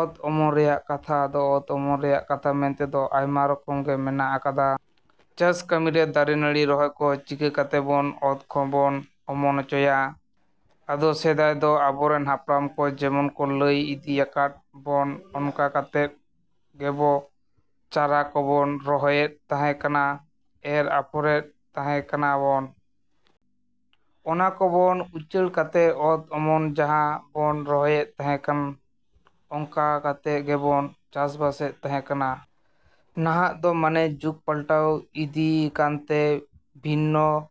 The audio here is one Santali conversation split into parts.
ᱚᱛ ᱚᱢᱚᱱ ᱨᱮᱱᱟᱜ ᱠᱟᱛᱷᱟ ᱟᱫᱚ ᱚᱛ ᱚᱢᱚᱱ ᱨᱮᱱᱟᱜ ᱠᱟᱛᱷᱟ ᱢᱮᱱᱛᱮᱫᱚ ᱟᱭᱢᱟ ᱨᱚᱠᱚᱢ ᱜᱮ ᱢᱮᱱᱟᱜ ᱟᱠᱟᱫᱟ᱾ ᱪᱟᱥ ᱠᱟᱹᱢᱤᱨᱮ ᱫᱟᱨᱮ ᱱᱟᱹᱲᱤ ᱨᱚᱦᱚᱭ ᱠᱚ ᱪᱤᱠᱟᱹ ᱠᱟᱛᱮᱫ ᱵᱚᱱ ᱚᱛ ᱠᱷᱚᱱ ᱵᱚᱱ ᱚᱢᱚᱱ ᱦᱚᱪᱚᱭᱟ᱾ ᱟᱫᱚ ᱥᱮᱫᱟᱭ ᱫᱚ ᱟᱵᱚᱨᱮᱱ ᱦᱟᱯᱲᱟᱢ ᱠᱚ ᱡᱮᱢᱚᱱ ᱠᱚ ᱞᱟᱹᱭ ᱤᱫᱤᱭ ᱟᱠᱟᱫ ᱵᱚᱱ ᱚᱱᱠᱟ ᱠᱟᱛᱮᱫ ᱜᱮᱵᱚᱱ ᱪᱟᱨᱟ ᱠᱚᱵᱚᱱ ᱨᱚᱦᱚᱭᱮᱫ ᱛᱟᱦᱮᱸ ᱠᱟᱱᱟ, ᱮᱨ ᱟᱯᱷᱚᱨᱮᱫ ᱛᱟᱦᱮᱸ ᱠᱟᱱᱟ ᱵᱚᱱ᱾ ᱚᱱᱟ ᱠᱚᱵᱚᱱ ᱩᱪᱟᱹᱲ ᱠᱟᱛᱮᱫ ᱚᱛ ᱚᱢᱚᱱ ᱡᱟᱦᱟᱸ ᱵᱚᱱ ᱨᱚᱦᱚᱭᱮᱫ ᱛᱟᱦᱮᱸ ᱠᱟᱱ ᱚᱱᱠᱟ ᱠᱟᱛᱮᱫ ᱜᱮᱵᱚᱱ ᱪᱟᱥᱵᱟᱥᱮᱫ ᱛᱟᱦᱮᱸ ᱠᱟᱱᱟ᱾ ᱱᱟᱦᱟᱜ ᱫᱚ ᱢᱟᱱᱮ ᱡᱩᱜᱽ ᱯᱟᱞᱴᱟᱣ ᱤᱫᱤ ᱟᱠᱟᱱᱛᱮ ᱵᱤᱵᱷᱤᱱᱱᱚ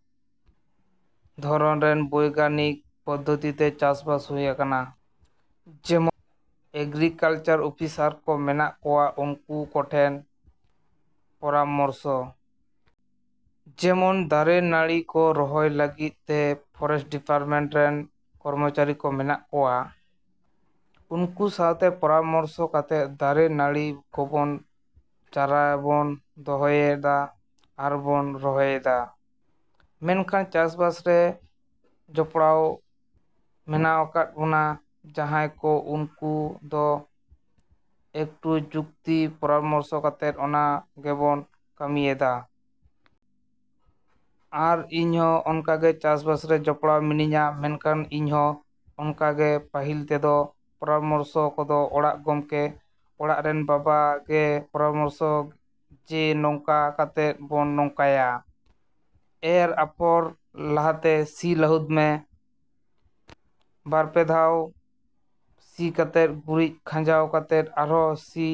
ᱫᱷᱚᱨᱚᱱ ᱨᱮᱱ ᱵᱚᱭᱜᱟᱱᱤᱠ ᱯᱚᱫᱫᱷᱚᱛᱤᱛᱮ ᱪᱟᱥᱵᱟᱥ ᱦᱩᱭᱩᱜ ᱠᱟᱱᱟ᱾ ᱡᱮᱢᱚᱱ ᱮᱜᱨᱤᱠᱟᱞᱪᱟᱨ ᱚᱯᱷᱤᱥᱟᱨ ᱠᱚ ᱢᱮᱱᱟᱜ ᱠᱚᱣᱟ, ᱩᱱᱠᱩ ᱠᱚᱴᱷᱮᱱ ᱯᱚᱨᱟᱢᱚᱨᱥᱚ᱾ ᱡᱮᱢᱚᱱ ᱫᱟᱨᱮ ᱱᱟᱹᱲᱤ ᱠᱚ ᱨᱚᱦᱚᱭ ᱞᱟᱹᱜᱤᱫ ᱛᱮ ᱯᱷᱚᱨᱮᱥᱴ ᱰᱤᱯᱟᱨᱴᱢᱮᱱᱴ ᱨᱮᱱ ᱠᱚᱨᱢᱚᱪᱟᱨᱤ ᱠᱚ ᱢᱮᱱᱟᱜ ᱠᱚᱣᱟ, ᱩᱱᱠᱩ ᱥᱟᱶᱛᱮ ᱯᱚᱨᱟᱢᱚᱨᱥᱚ ᱠᱟᱛᱮᱫ ᱫᱟᱨᱮ ᱱᱟᱹᱲᱤ ᱠᱚᱵᱚᱱ ᱪᱟᱨᱟᱵᱚᱱ ᱫᱚᱦᱚᱭᱮᱫᱟ ᱟᱨᱵᱚᱱ ᱨᱚᱦᱚᱭᱮᱫᱟ᱾ ᱢᱮᱱᱠᱷᱟᱱ ᱪᱟᱥᱵᱟᱥ ᱨᱮ ᱡᱚᱯᱲᱟᱣ ᱢᱮᱱᱟᱜ ᱟᱠᱟᱫ ᱵᱚᱱᱟ ᱡᱟᱦᱟᱸᱭ ᱠᱚ ᱩᱱᱠᱩ ᱫᱚ ᱮᱠᱴᱩ ᱡᱩᱠᱛᱤ ᱯᱚᱨᱟᱢᱚᱨᱥᱚ ᱠᱟᱛᱮᱫ ᱚᱱᱟ ᱜᱮᱵᱚᱱ ᱠᱟᱹᱢᱤᱭᱮᱫᱟ᱾ ᱟᱨ ᱤᱧ ᱦᱚᱸ ᱚᱱᱠᱟᱜᱮ ᱪᱟᱥᱵᱟᱥᱨᱮ ᱡᱚᱯᱲᱟᱣ ᱢᱤᱱᱟᱹᱧᱟ᱾ ᱢᱮᱱᱠᱷᱟᱱ ᱤᱧ ᱦᱚᱸ ᱚᱱᱠᱟᱜᱮ ᱯᱟᱦᱤᱞ ᱛᱮᱫᱚ ᱯᱚᱨᱟᱢᱚᱨᱥᱚ ᱠᱚᱫᱚ ᱚᱲᱟᱜ ᱜᱚᱝᱠᱮ, ᱚᱲᱟᱜ ᱨᱮᱱ ᱵᱟᱵᱟ ᱜᱮ ᱯᱚᱨᱟᱢᱚᱨᱥᱚ ᱡᱮ ᱱᱚᱝᱠᱟ ᱠᱟᱛᱮᱫ ᱵᱚᱱ ᱱᱚᱝᱠᱟᱭᱟ᱾ ᱮᱨ ᱟᱯᱷᱚᱨ ᱞᱟᱦᱟᱛᱮ ᱥᱤ ᱞᱟᱦᱩᱫ ᱢᱮ, ᱵᱟᱨᱯᱮ ᱫᱷᱟᱣ ᱥᱤ ᱠᱟᱛᱮᱫ ᱜᱩᱨᱤᱡ ᱠᱷᱟᱣᱟᱣ ᱠᱟᱛᱮᱫ ᱟᱨᱦᱚᱸ ᱥᱤ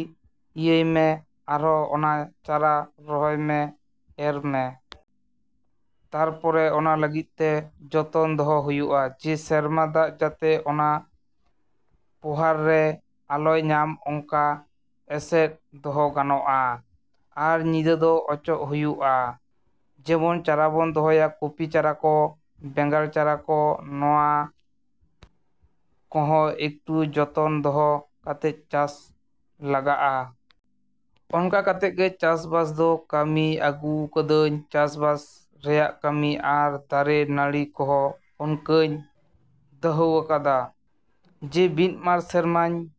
ᱤᱭᱟᱹᱭᱢᱮ ᱟᱨᱦᱚᱸ ᱚᱱᱟ ᱪᱟᱨᱟ ᱫᱚᱦᱚᱭᱢᱮ, ᱮᱨᱢᱮ᱾ ᱛᱟᱨᱯᱚᱨᱮ ᱚᱱᱟ ᱞᱟᱹᱜᱤᱫ ᱛᱮ ᱡᱚᱛᱚᱱ ᱫᱚᱦᱚ ᱦᱩᱭᱩᱜᱼᱟ ᱡᱮ ᱥᱮᱨᱢᱟ ᱫᱟᱜ ᱡᱟᱛᱮ ᱚᱱᱟ ᱯᱚᱦᱟᱨ ᱨᱮ ᱟᱞᱚᱭ ᱧᱟᱢ ᱚᱱᱠᱟ ᱮᱥᱮᱫ ᱫᱚᱦᱚ ᱜᱟᱱᱚᱜᱼᱟ ᱟᱨ ᱧᱤᱫᱟᱹ ᱫᱚ ᱚᱪᱚᱜ ᱦᱩᱭᱩᱜᱼᱟ᱾ ᱡᱮᱢᱚᱱ ᱪᱟᱨᱟᱵᱚᱱ ᱫᱚᱦᱚᱭᱟ ᱠᱚᱯᱤ ᱪᱟᱨᱟ ᱠᱚ, ᱵᱮᱸᱜᱟᱲ ᱪᱟᱨᱟ ᱠᱚ ᱱᱚᱣᱟ ᱠᱚᱦᱚᱸ ᱮᱠᱴᱩ ᱡᱚᱛᱚᱱ ᱫᱚᱦᱚ ᱠᱟᱛᱮᱫ ᱪᱟᱥ ᱞᱟᱜᱟᱜᱼᱟ᱾ ᱱᱚᱝᱠᱟ ᱠᱟᱛᱮᱫ ᱜᱮ ᱪᱟᱥ ᱵᱟᱥ ᱫᱚ ᱠᱟᱹᱢᱤ ᱟᱹᱜᱩᱣ ᱠᱟᱹᱫᱟᱹᱧ ᱪᱟᱥᱵᱟᱥ ᱨᱮᱱᱟᱜ ᱠᱟᱹᱢᱤ ᱟᱨ ᱫᱟᱨᱮ ᱱᱟᱲᱤ ᱠᱚᱦᱚᱸ ᱚᱱᱠᱟᱧ ᱫᱚᱦᱚᱣᱟᱠᱟᱫᱟ᱾ ᱡᱮ ᱢᱤᱫ ᱵᱟᱨ ᱥᱮᱨᱢᱟᱧ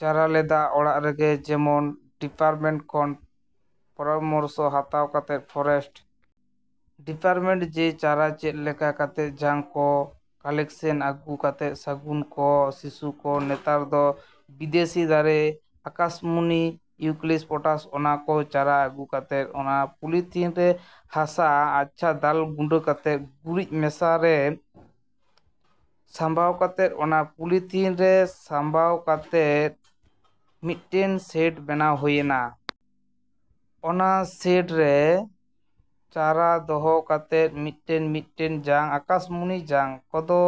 ᱪᱟᱨᱟ ᱞᱮᱫᱟ ᱚᱲᱟᱜ ᱨᱮᱜᱮ ᱡᱮᱢᱚᱱ ᱰᱤᱯᱟᱨᱴᱢᱮᱱᱴ ᱠᱷᱚᱱ ᱯᱚᱨᱟᱢᱚᱨᱥᱚ ᱦᱟᱛᱟᱣ ᱠᱟᱛᱮᱫ ᱯᱷᱚᱨᱮᱥᱴ ᱰᱤᱯᱟᱨᱴᱢᱮᱱᱴ ᱡᱮ ᱪᱟᱨᱟ ᱪᱮᱫ ᱞᱮᱠᱟ ᱠᱟᱛᱮᱫ ᱡᱟᱝ ᱠᱚ ᱠᱟᱞᱮᱠᱥᱮᱱ ᱟᱹᱜᱩ ᱠᱟᱛᱮᱫ ᱥᱮᱜᱩᱱ ᱠᱚ, ᱥᱤᱥᱩ ᱠᱚ, ᱱᱮᱛᱟᱨ ᱫᱚ ᱵᱤᱫᱮᱥᱤ ᱫᱟᱨᱮ ᱟᱠᱟᱥᱢᱩᱱᱤ, ᱤᱭᱩᱠᱮᱞᱯᱚᱴᱟᱥ ᱚᱱᱟ ᱠᱚ ᱪᱟᱨᱟ ᱟᱹᱜᱩ ᱠᱟᱛᱮᱫ ᱚᱱᱟ ᱯᱚᱞᱤᱛᱷᱤᱱ ᱨᱮ ᱦᱟᱥᱟ ᱟᱪᱪᱷᱟ ᱫᱟᱞ ᱜᱩᱸᱰᱟᱹ ᱠᱟᱛᱮᱫ ᱜᱩᱨᱤᱡ ᱢᱮᱥᱟᱞ ᱨᱮ ᱥᱟᱢᱵᱟᱣ ᱠᱟᱛᱮᱫ ᱚᱱᱟ ᱯᱚᱞᱮᱛᱷᱤᱱ ᱨᱮ ᱥᱟᱢᱵᱟᱣ ᱠᱟᱛᱮᱫ ᱢᱤᱫᱴᱮᱱ ᱥᱮᱰ ᱵᱮᱱᱟᱣ ᱦᱩᱭᱮᱱᱟ᱾ ᱚᱱᱟ ᱥᱮᱰ ᱨᱮ ᱪᱟᱨᱟ ᱫᱚᱦᱚ ᱠᱟᱛᱮᱫ ᱢᱤᱫᱴᱮᱱ ᱢᱤᱫᱴᱮᱱ ᱡᱟᱝ ᱟᱠᱟᱥᱢᱩᱱᱤ ᱡᱟᱝ ᱠᱚᱫᱚ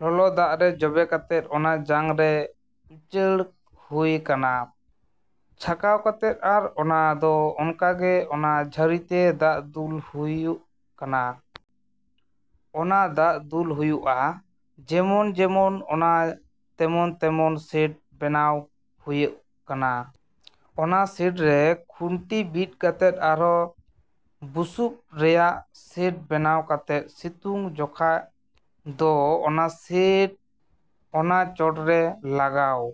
ᱞᱚᱞᱚ ᱫᱟᱜ ᱨᱮ ᱡᱚᱵᱮ ᱠᱟᱛᱮᱫ ᱚᱱᱟ ᱴᱷᱚᱝᱨᱮ ᱩᱪᱟᱹᱲ ᱦᱩᱭ ᱠᱟᱱᱟ ᱪᱷᱟᱠᱟᱣ ᱠᱟᱛᱮᱫ ᱟᱨ ᱚᱱᱟ ᱫᱚ ᱚᱱᱠᱟᱜᱮ ᱚᱱᱟ ᱡᱷᱟᱨᱤᱛᱮ ᱫᱟᱜ ᱫᱩᱞ ᱦᱩᱭᱩᱜ ᱠᱟᱱᱟ᱾ ᱚᱱᱟ ᱫᱟᱜ ᱫᱩᱞ ᱦᱩᱭᱩᱜᱼᱟ ᱡᱮᱢᱚᱱ ᱡᱮᱢᱚᱱ ᱚᱱᱟ ᱛᱮᱢᱚᱱ ᱛᱮᱢᱚᱱ ᱥᱮᱴ ᱵᱮᱱᱟᱣ ᱦᱩᱭᱩᱜ ᱠᱟᱱᱟ᱾ ᱚᱱᱟ ᱥᱮᱰᱨᱮ ᱠᱷᱩᱱᱴᱤ ᱵᱤᱫ ᱠᱟᱛᱮᱫ ᱟᱨᱦᱚᱸ ᱵᱩᱥᱩᱵ ᱨᱮᱱᱟᱜ ᱥᱮᱴ ᱵᱮᱱᱟᱣ ᱠᱟᱛᱮᱫ ᱥᱤᱛᱩᱝ ᱡᱚᱠᱷᱟᱡ ᱫᱚ ᱚᱱᱟ ᱥᱮᱴ ᱚᱱᱟ ᱪᱚᱴᱨᱮ ᱞᱟᱜᱟᱣ